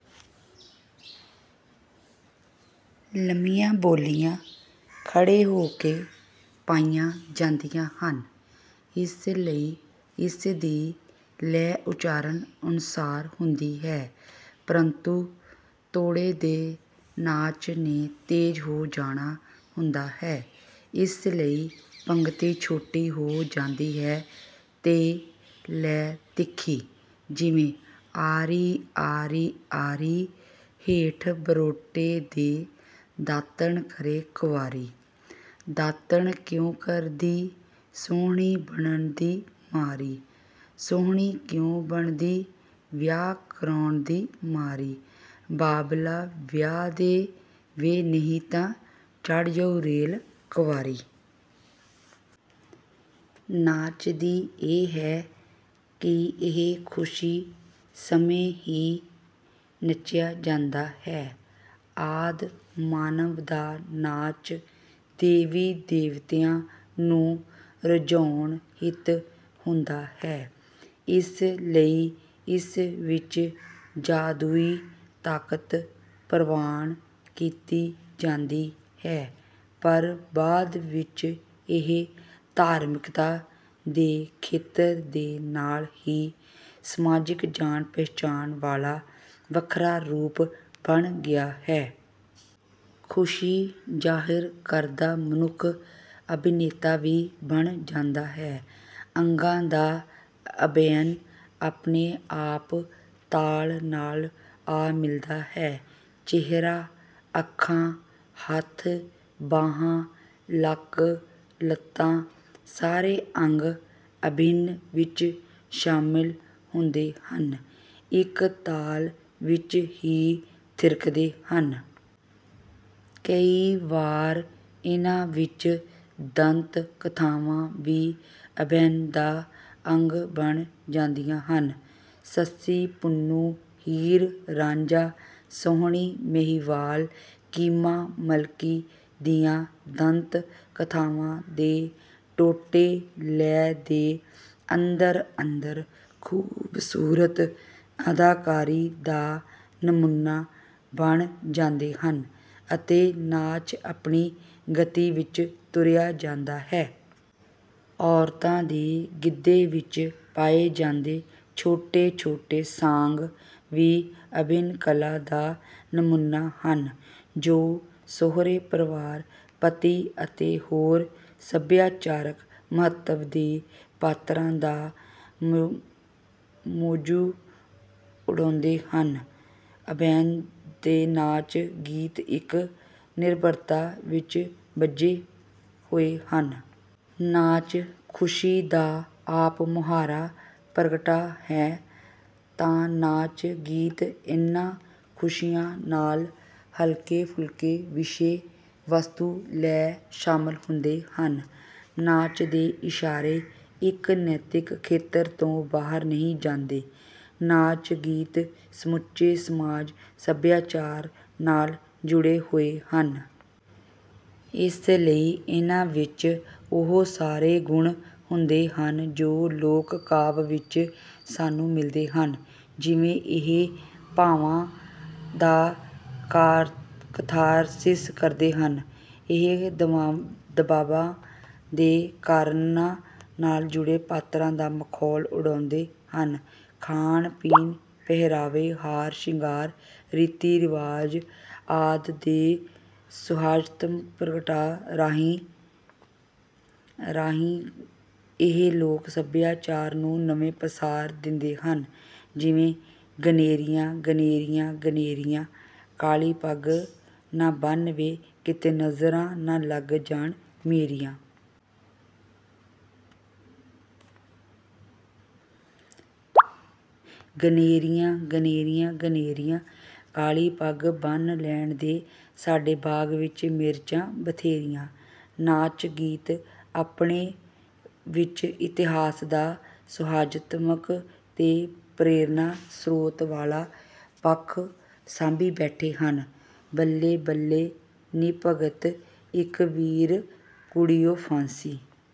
ਲੰਮੀਆਂ ਬੋਲੀਆਂ ਖੜ੍ਹੇ ਹੋ ਕੇ ਪਾਈਆਂ ਜਾਂਦੀਆਂ ਹਨ ਇਸ ਲਈ ਇਸ ਦੀ ਲੈਅ ਉਚਾਰਣ ਅਨੁਸਾਰ ਹੁੰਦੀ ਹੈ ਪਰੰਤੂ ਤੋੜੇ ਤੇ ਨਾਚ ਨੇ ਤੇਜ਼ ਹੋ ਜਾਣਾ ਹੁੰਦਾ ਹੈ ਇਸ ਲਈ ਪੰਗਤੀ ਛੋਟੀ ਹੋ ਜਾਂਦੀ ਹੈ ਤੇ ਲੈਅ ਤਿੱਖੀ ਜਿਵੇਂ; ਆਰੀ ਆਰੀ ਆਰੀਹੇਠ ਬਰੋਟੇ ਦੇ ਦਾਤਣ ਕਰੇ ਕੁਆਰੀਦਾਤਣ ਕਿਉਂ ਕਰਦੀ ਸੁਹਣੀ ਬਣਨ ਦੀ ਮਾਰੀਸੁਹਣੀ ਕਿਉਂ ਬਣਦੀ ਵਿਆਹ ਕਰਾਉਣ ਦੀ ਮਾਰੀਬਾਬਲਾ ਵਿਆਹ ਦੇ ਵੇਨਹੀਂ ਤਾਂ ਚੜ੍ਹ ਜਾਊ ਰੇਲ ਕੁਆਰੀ। ਨਾਚ ਦੀ ਇਹ ਹੈ ਕਿ ਇਹ ਖੁਸ਼ੀ ਸਮੇਂ ਹੀ ਨੱਚਿਆ ਜਾਂਦਾ ਹੈ। ਆਦਿ ਮਾਨਵ ਦਾ ਨਾਚ ਦੇਵੀ ਦੇਵਤਿਆਂ ਨੂੰ ਰਿਝਾਉਣ ਹਿੱਤ ਹੁੰਦਾ ਹੈ ਇਸ ਲਈ ਇਸ ਵਿਚ ਜਾਦੂਈ ਤਾਕਤ ਵੀ ਪ੍ਰਵਾਣ ਕੀਤੀ ਜਾਂਦੀ ਹੈ ਪਰ ਬਾਦ ਵਿਚ ਇਹ ਧਾਰਮਿਕਤਾ ਦੇ ਖੇਤਰ ਦੇ ਨਾਲ ਹੀ ਸਮਾਜਿਕ ਜਾਣ ਪਛਾਣ ਵਾਲਾ ਵੱਖਰਾ ਰੂਪ ਬਣ ਗਿਆ। ਖੁਸ਼ੀ ਜ਼ਾਹਿਰ ਕਰਦਾ ਮਨੁੱਖ ਅਭਿਨੇਤਾ ਵੀ ਬਣ ਜਾਂਦਾ ਹੈ, ਅੰਗਾਂ ਦਾ ਅਭਿਨੈ ਆਪਣੇ ਆਪ ਤਾਲ ਨਾਲ ਆ ਮਿਲਦਾ ਹੈ। ਚਿਹਰਾ, ਅੱਖਾਂ, ਹੱਥ ਬਾਹਾਂ, ਲੱਕ, ਲੱਤਾਂ ਸਾਰੇ ਅੰਗ ਅਭਿਨੈ ਵਿਚ ਸ਼ਾਮਿਲ ਹੁੰਦੇ ਹਨ। ਇਕ ਤਾਲ ਵਿਚ ਹੀ ਥਿਰਕਦੇ ਹਨ। ਕਈ ਵਾਰੀ ਇਨ੍ਹਾਂ ਵਿਚ ਦੰਤ ਕਥਾਵਾਂ ਵੀ ਅਭਿਨੈ ਦਾ ਅੰਗ ਬਣ ਜਾਂਦੀਆਂ ਹਨ। ਸੱਸੀ-ਪੁੰਨੂ, ਹੀਰ-ਰਾਝਾਂ, ਸੋਹਣੀ-ਮਹੀਂਵਾਲ, ਕੀਮਾ-ਮਲਕੀ ਦੀਆਂ ਦੰਤ ਕਥਾਵਾਂ ਦੇ ਟੋਟੇ ਲੈਅ ਦੇ ਅੰਦਰ ਅੰਦਰ ਖੂਬਸੂਰਤ ਅਦਾਕਾਰੀ ਦਾ ਨਮੂਨਾ ਬਣ ਜਾਂਦੇ ਹਨ ਅਤੇ ਨਾਚ ਆਪਣੀ ਗਤੀ ਵਿਚ ਤੁਰਿਆ ਜਾਂਦਾ ਹੈ। ਔਰਤਾਂ ਦੇ ਗਿੱਧੇ ਵਿਚ ਪਾਏ ਜਾਂਦੇ ਛੋਟੇ ਛੋਟੇ ਸਾਂਗ ਵੀ ਅਭਿਨੈ ਕਲਾ ਦਾ ਨਮੂਨਾ ਹਨ ਜੋ ਸਹੁਰੇ ਪਰਿਵਾਰ, ਪਤੀ ਤੇ ਹੋਰ ਸਭਿਆਚਾਰਕ ਮਹੱਤਵ ਦੇ ਪਾਤਰਾਂ ਦਾ ਮੌਜੂ ਉਡਾਉਂਦੇ ਹਨ। ਅਭਿਨੈ ਤੇ ਨਾਚ। ਗੀਤ ਇਕ ਨਿਰੰਤਰਤਾ ਵਿਚ ਬੱਝੇ ਹੋਏ ਹਨ। ਨਾਚ ਖੁਸ਼ੀ ਦਾ ਆਪ ਮੁਹਾਰਾ ਪ੍ਰਗਟਾ ਹੈ ਤਾਂ ਨਾਚ ਗੀਤ ਇਨ੍ਹਾਂ ਖੁਸ਼ੀਆਂ ਨਾਲ ਹਲਕੇ ਫੁਲਕੇ ਵਿਸ਼ੇ ਵਸਤੂ ਲੈ ਸ਼ਾਮਿਲ ਹੁੰਦੇ ਹਨ। ਨਾਚ ਦੇ ਇਸ਼ਾਰੇ ਇਕ ਨੈਤਿਕ ਖੇਤਰ ਤੋਂ ਬਾਹਰ ਨਹੀਂ ਜਾਂਦੇ। ਨਾਚ ਗੀਤ ਸਮੁੱਚੇ ਸਮਾਜ ਸਭਿਆਚਾਰ ਨਾਲ ਜੁੜੇ ਹੋਏ ਹਨ। ਇਸ ਲਈ ਇੰਨ੍ਹਾਂ ਵਿਚ ਉਹ ਸਾਰੇ ਗੁਣ ਹੁੰਦੇ ਹਨ ਜੋ ਲੋਕ ਕਾਵਿ ਵਿਚ ਸਾਨੂੰ ਮਿਲਦੇ ਹਨ ਜਿਵੇਂ, ਇਹ ਭਾਵਾਂ ਦਾ ਕਥਾਰਸਿਸ ਕਰਦੇ ਹਨ, ਇਹ ਦਬਾਵਾਂ ਦੇ ਕਾਰਣਾਂ ਨਾਲ਼ ਜੁੜੇ ਪਾਤਰਾਂ ਦਾ ਮਖੌਲ ਉਡਾਉਂਦੇ ਹਨ, ਖਾਣ-ਪੀਣ, ਪਹਿਰਾਵੇ, ਹਾਰ-ਸ਼ਿੰਗਾਰ, ਰੀਤੀ ਰਿਵਾਜ ਆਦਿ ਦੇ ਸੁਹਜਾਤਮਕ ਪ੍ਰਗਟਾਅ ਰਾਹੀਂ ਇਹ ਲੋਕ ਸਭਿਆਚਾਰ ਨੂੰ ਨਵੇਂ ਪਾਸਾਰ ਦਿੰਦੇ ਹਨ ਜਿਵੇਂ, ਗਨੇਰੀਆ, ਗਨੇਰੀਆਂ, ਗਨੇਰੀਆ, ਕਾਲ਼ੀ ਪੱਗ ਨਾ ਬੰਨ੍ਹ ਵੇ ਕਿਤੇ ਨਜ਼ਰਾਂ ਨਾਂ ਲੱਗ ਜਾਣ ਮੇਰੀਆਂ। ਗਨੇਰੀਆਂ ਗਨੇਰੀਆਂ ਗਨੇਰੀਆਂ, ਕਾਲ਼ੀ ਪੱਗ ਬੰਨ੍ਹ ਲੈਣ ਦੇ ਸਾਡੇ ਬਾਗ ਵਿਚ ਮਿਰਚਾਂ ਬਥੇਰੀਆਂ। ਨਾਚ ਗੀਤ ਆਪਣੇ ਵਿਚ ਇਤਿਹਾਸ ਦਾ ਸੁਹਜਾਤਮਕ ਤੇ ਪ੍ਰੇਰਣਾ ਸ੍ਰੋਤ ਵਾਲ਼ਾ ਪੱਖ ਸਾਂਭੀ ਬੈਠੇ ਹਨ। ਬੱਲੇ ਬੱਲੇ ਨੀ ਭਗਤ ਸਿੰਘ ਵੀਰ ਕੁੜੀਉਫਾਂਸੀ